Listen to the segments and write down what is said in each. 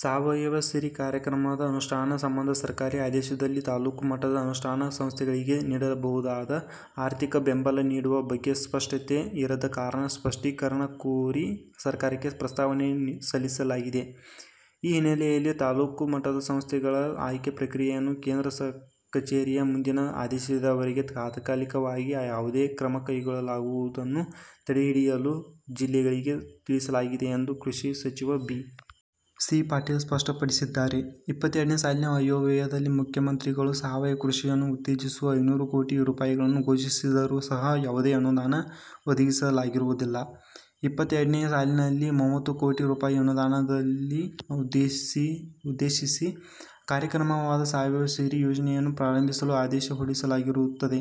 ಸಾವಯವ ಸಿರಿ ಕಾರ್ಯಕ್ರಮದ ಅನುಷ್ಠಾನ ಸಂಬಂಧ ಸರ್ಕಾರಿ ಆದೇಶದಲ್ಲಿ ತಾಲೂಕು ಮಟ್ಟದ ಅನುಷ್ಠಾನ ಸಂಸ್ಥೆಗಳಿಗೆ ನೀಡಬಹುದಾದ, ಆರ್ಥಿಕ ಬೆಂಬಲ ನೀಡುವ ಬಗ್ಗೆ ಸ್ಪಷ್ಟತೆ ಇರದ ಕಾರಣ ಸೃಷ್ಟೀಕರಣ ಕೋರಿ ಸರ್ಕಾರಕ್ಕೆ ಪುಸ್ತಾವನೆಯನ್ನು ಸಲ್ಲಿಸಲಾಗಿದೆ. ಈ ಹಿನ್ನೆಲೆಯಲ್ಲಿ ತಾಲ್ಲೂಕು ಮಟ್ಟದ ಸಂಸ್ಥೆಗಳ ಆಯ್ಕೆ ಪ್ರಕ್ರಿಯೆಯನ್ನು ಕೇಂದ್ರ ಕಚೇರಿಯ ಮುಂದಿನ ಆದೇಶದವರೆಗೆ ತಾತ್ಕಾಲಿಕವಾಗಿ ಯಾವುದೇ ಕ್ರಮ ಕೈಗೊಳ್ಳುವುದನ್ನು ತಡೆಹಿಡಿಯಲು ಜಿಲ್ಲೆಗಳಿಗೆ ತಿಳಿಸಲಾಗಿದೆ ಎಂದು ಕೃಷಿ ಸಚಿವ ಬಿ. ಸಿ. ಪಾಟೀಲ್ ಸ್ಪಷ್ಟಪಡಿಸಿದ್ದಾರೆ. ಇಪ್ಪತ್ತೆರಡನೆ ಸಾಲಿನ ಆಯವ್ಯಯದಲ್ಲಿ ಮುಖ್ಯಮಂತ್ರಿಗಳು ಸಾವಯವ ಕೃಷಿಯನ್ನು ಉತ್ತೇಜಿಸಲು ಐನೂರು ಕೋಟಿ ರೂಪಾಯಿಗಳನ್ನು ಘೋಷಿಸಿದರೂ ಸಹ ಯಾವುದೇ ಅನುದಾನ ಒದಗಿಸಲಾಗಿರುವುದಿಲ್ಲ. ಇಪ್ಪತ್ತೆರಡನೆ ಸಾಲಿನಲ್ಲಿ ಮೂವತ್ತು ಕೋಟಿ ರುಪಾಯಿ ಅನುದಾನದಲ್ಲಿ ಉದ್ದೇಶಿತ ಕಾರ್ಯಕ್ರಮವಾದ 'ಸಾವಯವ ಸಿರಿ' ಯೋಜನೆಯನ್ನು ಪ್ರಾರಂಭಿಸಲು ಆದೇಶ ಹೊರಡಿಸಲಾಗಿರುತ್ತದೆ.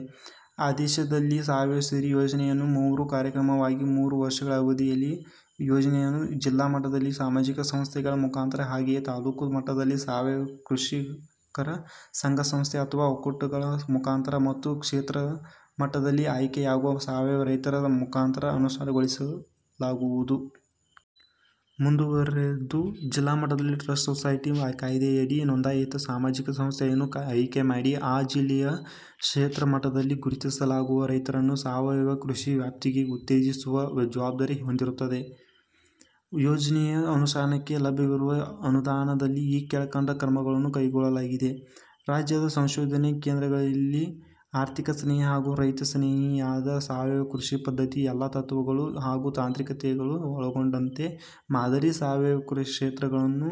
ಆದೇಶದಲ್ಲಿ 'ಸಾವಯವ ಸಿರಿ' ಯೋಜನೆಯನ್ನು ಮೂರು ಕಾರ್ಯಕ್ರಮವಾಗಿ ಮೂರು ವರ್ಷಗಳ ಅವಧಿಯಲ್ಲಿ ಯೋಜನೆಯನ್ನು ಜಿಲ್ಲಾ ಮಟ್ಟದಲ್ಲಿ ಸಾಮಾಜಿಕ ಸಂಸ್ಥೆಗಳ ಮುಖಾಂತರ ಹಾಗೆಯೇ ತಾಲೂಕು ಮಟ್ಟದಲ್ಲಿ ಸಾವಯವ ಕೃಷಿಕರ ಸಂಘ ಸಂಸ್ಥೆ ಅಥವಾ ಒಕ್ಕೂಟಗಳ ಮುಖಾಂತರ ಮತ್ತು ಕ್ಷೇತ್ರ ಮಟ್ಟದಲ್ಲಿ ಆಯ್ಕೆಯಾಗುವ ಸಾವಯವ ರೈತರ ಮುಖಾಂತರ ಅನುಷ್ಠಾನಗೊಳಿಸಲಾಗುವುದು. ಮುಂದುವರೆದು, ಜಿಲ್ಲಾಮಟ್ಟದಲ್ಲಿ ಟ್ರಸ್ಟ್ ಸೊಸೈಟಿ ಕಾಯ್ದೆಯಡಿ ನೊಂದಾಯಿತ ಸಾಮಾಜಿಕ ಸಂಸ್ಥೆಯನ್ನು ಆಯ್ಕೆಮಾಡಿ ಆ ಜಿಲ್ಲೆಯ ಕ್ಷೇತ್ರ ಮಟ್ಟದಲ್ಲಿ ಗುರುತಿಸಲಾಗುವ ರೈತರನ್ನು ಸಾವಯವ ಕೃಷಿಯ ವ್ಯಾಪ್ತಿಗೆ ಉತ್ತೇಜಿಸುವ ಜವಾಬ್ದಾರಿ ಹೊಂದಿರುತ್ತವೆ. ಯೋಜನೆಯ ಅನುಷ್ಠಾನಕ್ಕೆ ಲಭ್ಯವಿರುವ ಅನುದಾನದಲ್ಲಿ ಈ ಕೆಳಕಂಡ ಕ್ರಮಗಳನ್ನು ಕೈಗೊಳ್ಳಲಾಗಿದೆ. ರಾಜ್ಯದ ಸಂಶೋಧನ ಕೇಂದ್ರಗಳಲ್ಲಿ ಆರ್ಥಿಕ ಸ್ನೇಹ ಹಾಗೂ ರೈತ ಸ್ನೇಹಿಯಾದ ಸಾವಯವ ಕೃಷಿ ಪದ್ಧತಿಯ ಎಲ್ಲಾ ತತ್ವಗಳು ಹಾಗೂ ತಾಂತ್ರಿಕತೆಗಳು ಒಳಗೊಂಡಂತೆ, ಮಾದರಿ ಸಾವಯವ ಕ್ಷೇತ್ರ ಗಳನ್ನು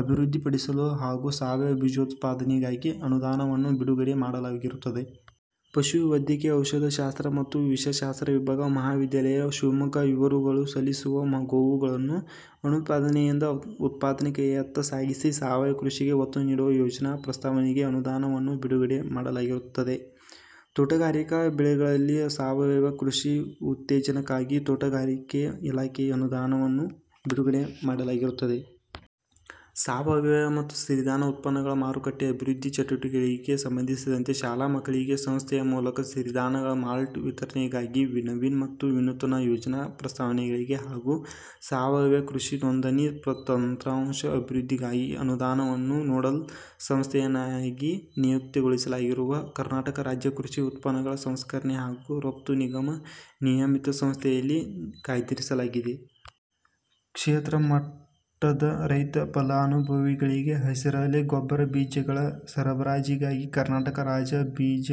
ಅಭಿವೃದ್ಧಿ ಪಡಿಸಲು ಹಾಗೂ ಸಾವಯವ ಬೀಜೋತ್ಪಾದನೆಗಾಗಿ ಅನುದಾನವನ್ನು ಬಿಡುಗಡೆ ಮಾಡಲಾಗಿರುತ್ತದೆ. ಪಶುವೈದ್ಯಕೀಯ ಔಷಧ ಶಾಸ್ತ್ರ ಮತ್ತು ವಿಷ ಶಾಸ್ತ್ರ ವಿಭಾಗ ಮಹಾವಿದ್ಯಾಲಯ, ಶಿವಮೊಗ್ಗ ಇವರುಗಳು ಸಲ್ಲಿಸಿರುವ ಗೋವುಗಳನ್ನು ಅನುತ್ಪಾದನೆಯಿಂದ ಉತ್ಪಾದಕತೆಯತ್ತ ಸಾಗಿಸಿ ಸಾವಯವ ಕೃಷಿಗೆ ಒತ್ತು ನೀಡುವ ಯೋಜನಾ ಪ್ರಸ್ತಾವನೆಗೆ ಅನುದಾನವನ್ನು ಬಿಡುಗಡೆ ಮಾಡಲಾಗಿರುತ್ತದೆ. ತೋಟಗಾರಿಕಾ ಬೆಳೆಗಳಲ್ಲಿ ಸಾವಯವ ಕೃಷಿ ಉತ್ತೇಜನಕ್ಕಾಗಿ ತೋಟಗಾರಿಕೆ ಇಲಾಖೆಗೆ ಅನುದಾನವನ್ನು ಬಿಡುಗಡೆ ಮಾಡಲಾಗಿರುತ್ತದೆ. ಸಾವಯವ ಮತ್ತು ಸಿರಿಧಾನ ಉತ್ಪನ್ನಗಳ ಮಾರುಕಟ್ಟೆ ಅಭಿವೃದ್ಧಿ ಚಟುವಟಿಕೆಗಳಿಗೆ ಸಂಬಂಧಿಸಿದಂತೆ, ಶಾಲಾ ಮಕ್ಕಳಿಗೆ ಸಂಸ್ಥೆಯ ಮೂಲಕ ಸಿರಿಧಾನಗಳ ಮಾಲ್ಟ್ ವಿತರಣೆಗಾಗಿ, ನವೀನ ಮತ್ತು ವಿನೂತನ ಯೋಜನಾ ಪ್ರಸ್ತಾವನೆಗಳಿಗೆ ಹಾಗೂ ಸಾವಯವ ಕೃಷಿಕರ ನೋಂದಣಿ ತಂತ್ರಾಂಶ ಅಭಿವೃದ್ಧಿಗಾಗಿ ಅನುದಾನವನ್ನು ನೋಡಲ್ ಸಂಸ್ಥೆಯನ್ನಾಗಿ ನಿಯುಕ್ತಿಗೊಳಿಸಲಾಗಿರುವ ಕರ್ನಾಟಕ ರಾಜ್ಯ ಕೃಷಿ ಉತ್ಪನ್ನಗಳ ಸಂಸ್ಕರಣೆ ಹಾಗೂ ರಫ್ತು ನಿಗಮ ನಿಯಮಿತ ಸಂಸ್ಥೆಯಲ್ಲಿ ಕಾಯ್ದಿರಿಸಲಾಗಿದೆ. ಕ್ಷೇತ್ರ ಮಟ್ಟದ ರೈತ ಫಲಾನುಭವಿಗಳಿಗೆ ಹಸಿರಲೆ ಗೊಬ್ಬರ ಬೀಜಗಳ ಸರಬರಾಜಿಗಾಗಿ ಕರ್ನಾಟಕ ರಾಜ್ಯ ಬೀಜ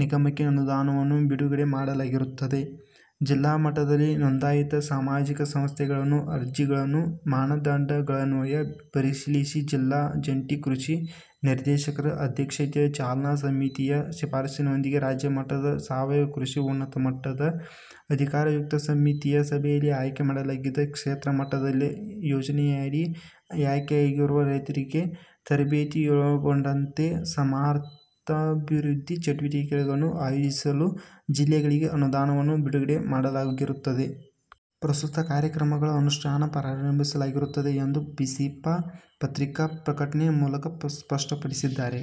ನಿಗಮಕ್ಕೆ ಅನುದಾನವನ್ನು ಬಿಡುಗಡೆ ಮಾಡಲಾಗಿರುತ್ತದೆ. ಜಿಲ್ಲಾ ಮಟ್ಟದಲ್ಲಿ ನೋಂದಾಯಿತ ಸಾಮಾಜಿಕ ಸಂಸ್ಥೆಗಳನ್ನು ಅರ್ಜಿಗಳನ್ನು ಮಾನದಂಡಗಳನ್ವಯ ಪರಿಶೀಲಿಸಿ ಜಿಲ್ಲಾ ಜಂಟಿ ಕೃಷಿ ನಿರ್ದೇಶಕರ ಅಧ್ಯಕ್ಷತೆಯ ಚಾಲನಾ ಸಮಿತಿಯ ಶಿಫಾರಸಿನೊಂದಿಗೆ ರಾಜ್ಯ ಮಟ್ಟದ ಸಾವಯವ ಕೃಷಿ ಉನ್ನತ ಮಟ್ಟದ ಅಧಿಕಾರಯುಕ್ತ ಸಮಿತಿ ಸಭೆಯಲ್ಲಿ ಆಯ್ಕೆ ಮಾಡಲಾಗಿದ್ದು, ಕ್ಷೇತ್ರಮಟ್ಟದಲ್ಲಿ ಯೋಜನೆಯಡಿ ಆಯ್ಕೆಯಾಗುವ ರೈತರಿಗೆ ತರಬೇತಿಯನ್ನೊಳಗೊಂಡಂತೆ ಸಾಮಾರ್ಥಾಭಿವೃದ್ಧಿ ಚಟುವಟಿಕೆಗಳನ್ನು ಆಯೋಜಿಸಲು ಜಿಲ್ಲೆಗಳಿಗೆ ಅನುದಾನವನ್ನು ಬಿಡುಗಡೆ ಮಾಡಲಾಗಿರುತ್ತದೆ. ಪ್ರಸ್ತುತ ಕಾರ್ಯಕ್ರಮಗಳ ಅನುಷ್ಠಾನ ಪ್ರಾರಂಭಿಸಲಾಗಿರುತ್ತದೆ ಎಂದು ಬಿಸಿಪಾ ಪತ್ರಿಕಾ ಪ್ರಕಟಣೆ ಮೂಲಕ ಸ್ಪಷ್ಟಪಡಿಸಿದ್ದಾರೆ.